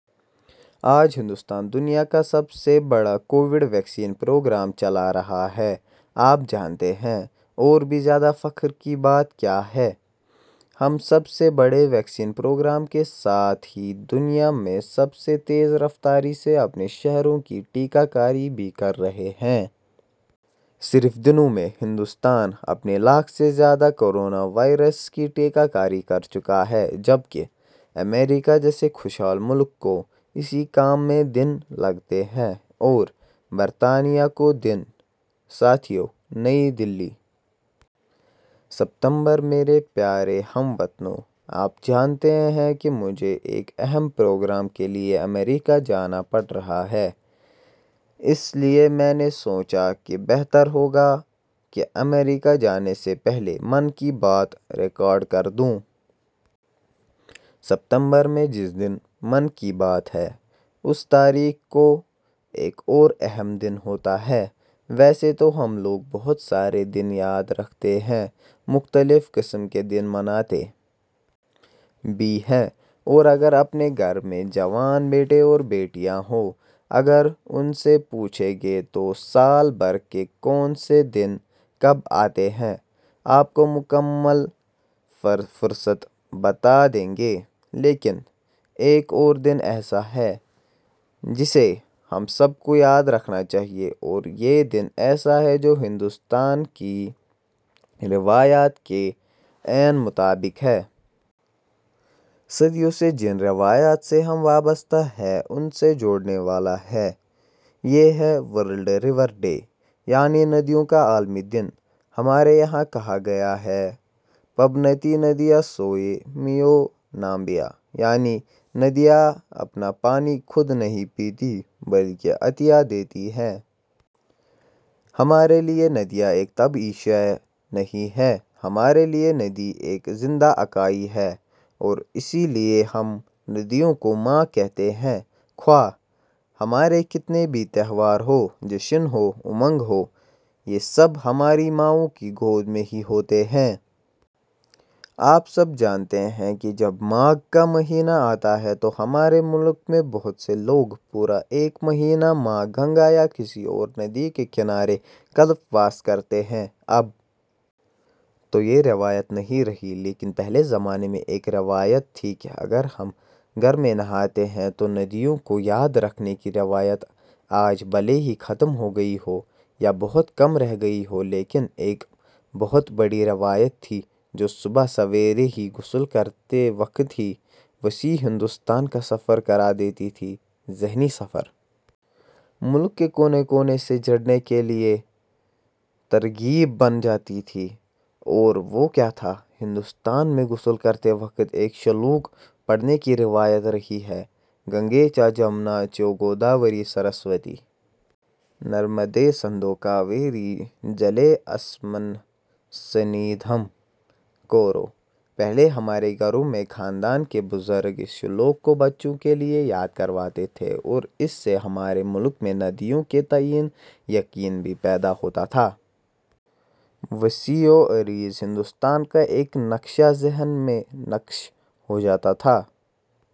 آج ہندوستان دنیا کا سب سے بڑاکووڈ ویکسین پروگرام چلا رہا ہے۔ آپ جانتے ہیں، اور بھی زیادہ فخر کی بات کیا ہے ؟ ہم سب سے بڑے ویکسین پروگرام کے ساتھ ہی دنیا میں سب سے تیز رفتاری سے اپنے شہریوں کی ٹیکہ کاری بھی کر رہے ہیں۔ صرف دنوں میں، ہندوستان ، اپنے لاکھ سے زیادہ، کورونا واریرس کی ٹیکہ کاری کر چکا ہے، جبکہ، امریکہ جیسے خوشحال ملک کو، اسی کام میں، دن لگے تھے اور برطانیہ کو دن۔ ساتھیو! نئی دہلی۔ ستمبر میرے پیارے ہم وطنو! آپ جانتے ہیں کہ مجھے ایک اہم پروگرام کے لیے امریکہ جانا پڑ رہا ہے اس لیے میں نے سوچا کہ بہتر ہوگا کہ امریکہ جانے سے پہلے 'من کی بات' ریکارڈ کردوں ۔ ستمبر میں جس دن 'من کی بات' ہے اسی تاریخ کو ایک اور اہم دن ہوتا ہے۔ ویسے تو ہم لوگ بہت سارے دن یاد رکحتے ہیں ، مختلف قسم کے دن مناتے بھی ہیں ، اور اگر اپنے گھر میں جوان بیٹے اور بیٹیاں ہوں ، اگر ان سے پوچھیں گے تو سال بھر کے کون سے دن کب آتے ہیں ، آپ کو مکمل فہرست بتادیں گے ، لیکن ایک اور دن ایسا ہے جسے ہم سب کو یاد رکھنا چاہیے اور یہ دن ایسا ہے جو ہندوستان کی روایات کے عین مطابق ہے۔ صدیوں سے جن روایات سے ہم وابستہ ہیں ان سے جوڑنے والا ہے ۔ یہ ہے 'ورلڈ ریور ڈے' ہے یعنی 'ندیوں کا عالمی دن '۔ ہمارے یہاں کہا گیا ہے – "پبنتی ندیہ ، سوے – میو نامبہ: یعنی ندیاں اپنا پانی خود نہیں پیتیں ، بلکہ عطیہ دیتی ہیں۔ ہمارے لیے ندیاں ایک طبعی شئے نہیں ہے، ہمارے لیے ندی ایک زندہ اکائی ہے اور اسی لیے ہم ندیوں کو ماں کہتے ہیں۔ خواہ ہمارے کتنے ہی تہوار ہوں ، جشن ہو، امنگ ہو، یہ سب ہماری ماؤں کی گود میں ہی ہوتے ہیں۔ آپ سب جانتے ہیں کہ جب ماگھ کا مہینہ آتا ہے تو ہمارے ملک میں بہت سے لوگ پورا ایک مہینہ ماں گنگا یا کسی اورندی کے کنارے کلپ واس کرتے ہیں۔ اب تو یہ روایت نہیں رہی ، لیکن پہلے زمانے میں ایک روایت تھی کہ اگر ہم گھر میں نہاتے ہیں تو ندیوں کو یاد رکھنے کی روایت آج بھلے ہی ختم ہو گئی ہو یا بہت کم رہ گئی ہو لیکن ایک بہت بڑی روایت تھی جو صبح سویرے ہی غسل کرتے وقت ہی وسیع ہندوستان کا سفر کرا دیتی تھی ، ذہنی سفر! ملک کے کونے کونے سے جڑنے کے لیے ایک ترغیب بن جاتی تھی۔ اور وہ کیا تھا ، ہندوستان میں غسل کرتے وقت ایک شلوک پڑھنے کی روایت رہی ہے– گنگے چا جمنا چیو گوداوری سرسوتی۔ نرمدے سندھو کاویری جلے اسمن سنیدھم کورو پہلے ہمارے گھروں میں خاندان کے بزرگ اس شلوک کو بچوں کے لیے یاد کرواتے تھے اور اس سے ہمارے ملک میں نیدیوں کے تئیں یقین بھی پیدا ہوتا تھا۔ وسیع و عریض ہندوستان کا ایک نقشہ ذہن میں نقش ہوجاتا تھا۔